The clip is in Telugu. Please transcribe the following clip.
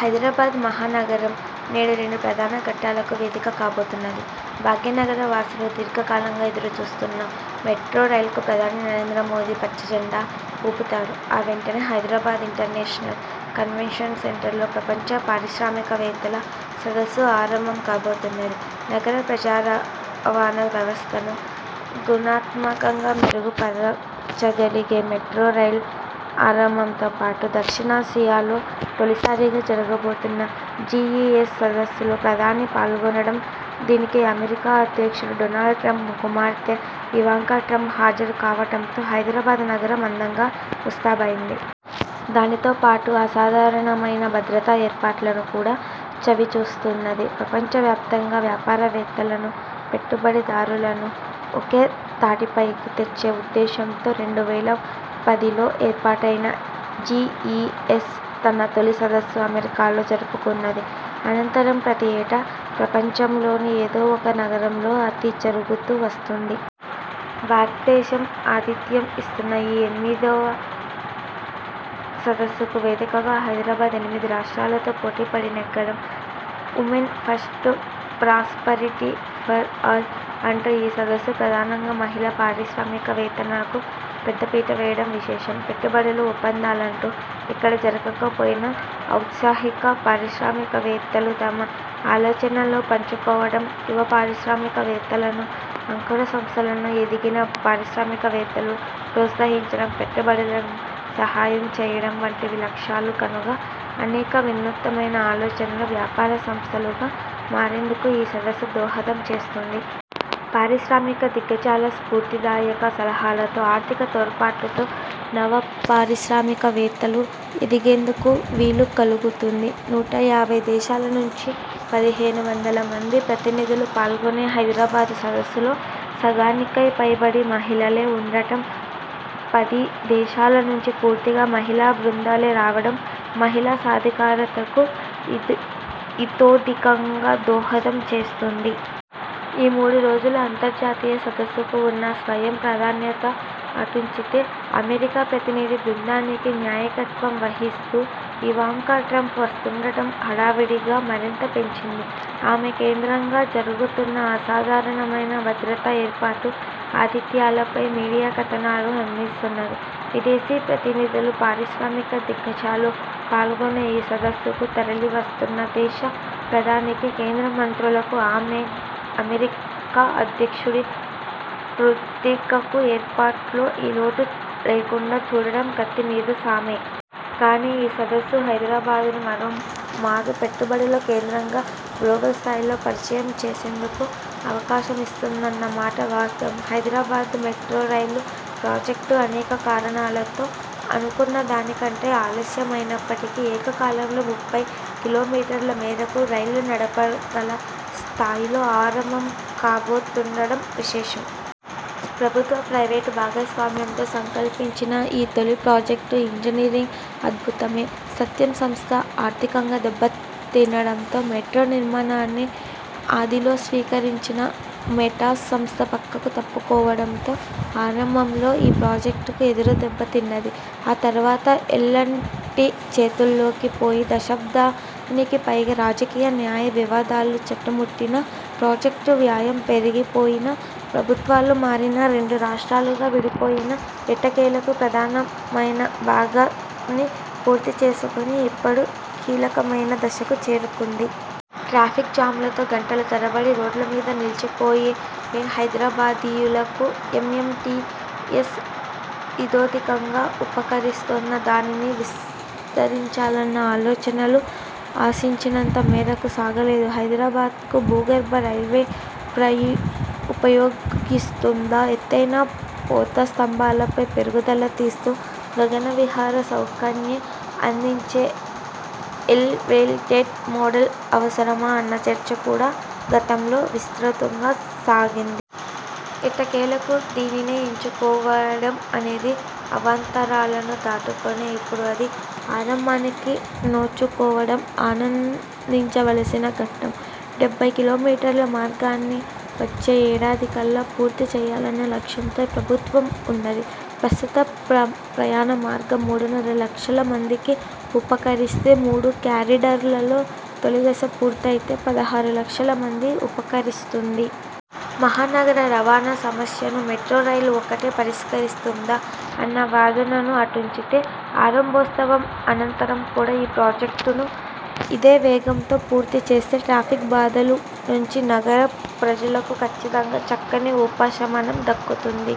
హైదరాబాద్ మహానగరం నేడు రెండు ప్రధాన ఘట్టాలకు వేదిక కాబోతున్నది. భాగ్యనగర వాసులు దీర్ఘకాలంగా ఎదురుచూస్తున్న మెట్రో రైల్కు ప్రధాని నరేంద్రమోదీ పచ్చజెండా ఊపుతారు. ఆ వెంటనే హైదరాబాద్ ఇంటర్నేషనల్ కన్వెన్షన్ సెంటర్లో ప్రపంచ పారిశ్రామిక వేత్తల సదస్సు ఆరంభం కాబోతున్నది. నగర ప్రజారవాణా వ్యవస్థను గుణాత్మకంగా మెరుగు పరచగలిగే మెట్రో రైల్ ఆరంభంతో పాటు, దక్షిణాసియాలో తొలిసారిగా జరగబోతున్న జీ ఈ ఎస్ సదస్సులో ప్రధాని పాల్గొనడం, దీనికి అమెరికా అధ్యక్షుడు డొనాల్డ్ ట్రంప్ కుమార్తె ఇవాంకా ట్రంప్ హాజరు కావడంతో హైదరాబాద్ నగరం అందంగా ముస్తాబైంది. దానితో పాటు అసాధారణమైన భద్రతా ఏర్పాట్లను కూడా చవిచూస్తున్నది. ప్రపంచ వ్యాప్తంగా వ్యాపారవేత్తలను, పెట్టుబడి దారులను ఒకే తాటిపైకి తెచ్చే ఉద్దేశంతో రెండు వేల పదిలో ఏర్పాటైన జీ ఈ ఎస్ తన తొలి సదస్సును అమెరికాలో జరుపుకున్నది. అనంతరం ప్రతి ఏటా ప్రపంచంలోని ఏదో ఒక నగరంలో ఇది జరుగుతూ వస్తున్నది. భారతదేశం ఆతిథ్యం ఇస్తున్న ఈ ఎనిమిదివ సదస్సుకు వేదికగా హైదరాబాద్ ఎనిమిది రాష్ట్రాలతో పోటీపడి నెగ్గడం, 'women first, prosperity for all' అంటూ ఈ సదస్సు ప్రధానంగా మహిళా పారిశ్రామిక వేత్తలకు పెద్ద పీట వేయడం విశేషం. పెట్టుబడుల ఒప్పందాలంటూ ఇక్కడ జరగక పోయినా, ఔత్సాహిక పారిశ్రామిక వేత్తలు తమ ఆలోచనలు పంచుకోవడం, యువ పారిశ్రామిక వేత్తలను, అంకుర సంస్థలను ఎదిగిన పారిశ్రామిక వేత్తలు ప్రోత్సహించడం, పెట్టుబడులకు సహాయం చేయడం వంటివి లక్ష్యాలు కనుక అనేక వినూత్నమైన ఆలోచనలు వ్యాపార సంస్థలుగా మారేందుకు ఈ సదస్సు దోహదం చేస్తుంది. పారిశ్రామిక దిగ్గజాల స్ఫూర్తిదాయక సలహాలతో, ఆర్థిక తోడ్పాటుతో నవపారిశ్రామిక వేత్తలు ఎదిగేందుకు వీలుకలుగుతుంది. నూట యాభై దేశాల నుంచి పదిహేను వందల మంది ప్రతినిధులు పాల్గొనే హైదరాబాద్ సదస్సులో సగానికి పైబడి మహిళలే ఉండటం, పదిదేశాల నుంచి పూర్తిగా మహిళా బృందాలే రావడం మహిళా సాధికారతకు ఇతో ఇతోధికంగా దోహదం చేస్తుంది. ఈ మూడు రోజుల అంతర్జాతీయ సదస్సుకు ఉన్న స్వయం ప్రాధాన్యత అటుంచితే, అమెరికా ప్రతినిధి బృందానికి నాయకత్వం వహిస్తూ ఇవాంకా ట్రంప్ వస్తుండటం హడావుడిని మరింత పెంచింది. ఆమె కేంద్రంగా జరుగుతున్న అసాధారణమైన భద్రతా ఏర్పాట్లు, ఆతిథ్యాలపై మీడియా కథనాలు అందిస్తున్నది. విదేశీ ప్రతినిధులు, పారిశ్రామిక దిగ్గజాలు పాల్గొనే ఈ సదస్సుకూ, తరలివస్తున్న దేశ ప్రధానికీ, కేంద్ర మంత్రులకూ, అమెరికా అధ్యక్షుడి పుత్రికకూ ఏర్పాట్లలో ఏ లోటూ లేకుండా చూడటం కత్తి మీద సామే. కానీ, ఈ సదస్సు హైదరాబాద్ను మరో మారు పెట్టుబడుల కేంద్రంగా గ్లోబల్ స్థాయిలో పరిచయం చేసేందుకు అవకాశమిస్తుందన్న మాట వాస్తవం. హైదరాబాద్ మెట్రో రైల్ ప్రాజెక్టు అనేక కారణాలతో అనుకున్న దానికంటే ఆలస్యమైనప్పటికీ, ఏకకాలంలో ముప్పై కిలోమీటర్ల మేరకు రైళ్ళు నడపగల స్థాయిలో ఆరంభం కాబోతుండటం విశేషం. ప్రభుత్వ, ప్రైవేటు భాగస్వామ్యంతో సంకల్పించిన ఈ తొలి ప్రాజెక్టు ఇంజనీరింగ్ అద్భుతమే. సత్యం సంస్థ ఆర్థికంగా దెబ్బ తినడంతో మెట్రో నిర్మాణాన్ని ఆదిలో స్వీకరించిన మేటాస్ సంస్థ పక్కకు తప్పుకోవడంతో ఆరంభంలో ఈ ప్రాజెక్టు ఎదురుదెబ్బ తిన్నది. ఆ తరువాత ఎల్ అండ్ టీ చేతుల్లోకి పోయి, దశాబ్దానికిపైగా రాజకీయ, న్యాయ వివాదాలు చుట్టుముట్టినా, ప్రాజెక్టు వ్యయం పెరిగిపోయినా, ప్రభుత్వాలు మారినా, రెండు రాష్ట్రాలుగా విడిపోయినా ఎట్టకేలకు ప్రధానమైన భాగాన్ని పూర్తిచేసుకొని ఇప్పుడు కీలకమైన దశకు చేరుకుంది. ట్రాఫిక్ జామ్లతో గంటల తరబడి రోడ్లమీద నిలిచిపోయే హైదరాబాదీయులకు ఎం ఎం టీ ఎస్ ఇతోధికంగా ఉపకరిస్తున్నా, దానిని విస్తరించాలన్న ఆలోచనలు ఆశించినంత మేరకు సాగలేదు. హైదరాబాద్కు భూగర్భ రైల్వే ఉపయోగిస్తుందా, ఎత్తైన పోతస్తంభాలపై పేరుగులు తీస్తూ గగనవిహార సౌఖన్ని అందించే ఎలెవేటెడ్ మోడల్ అవసరమా అన్న చర్చ కూడా గతంలో విస్తృతంగా సాగింది. ఎట్టకేలకు దీనినే ఎంచుకోవడం, అనేక అవాంతరాలను దాటుకొని ఇప్పుడు అది ఆరంభానికి నోచుకోవడం ఆనందించలసిన ఘట్టం. డెబ్బై కిలోమీటర్ల మార్గాన్నీ వచ్చే ఏడాదికల్లా పూర్తి చేయాలన్న లక్ష్యంలో ప్రభుత్వం ఉన్నది. ప్రస్తుత ప్రయాణ మార్గం మూడున్నర లక్షల మందికి ఉపకరిస్తే, మూడు కారిడార్లలో తొలిదశ పూర్తయితే పదహారు లక్షల మందికి ఉపకరిస్తుంది. మహానగర రవాణా సమస్యను మెట్రో రైలు ఒక్కటే పరిష్కరిస్తుందా అన్న వాదనను అటుంచితే, ఆరంభోత్సవం అనంతరం కూడా ఈ ప్రాజెక్టును ఇదే వేగంతో పూర్తి చేస్తే ట్రాఫిక్ బాధల నుంచి నగర ప్రజలకు కచ్చితంగా చక్కని ఉపశమనం దక్కుతుంది.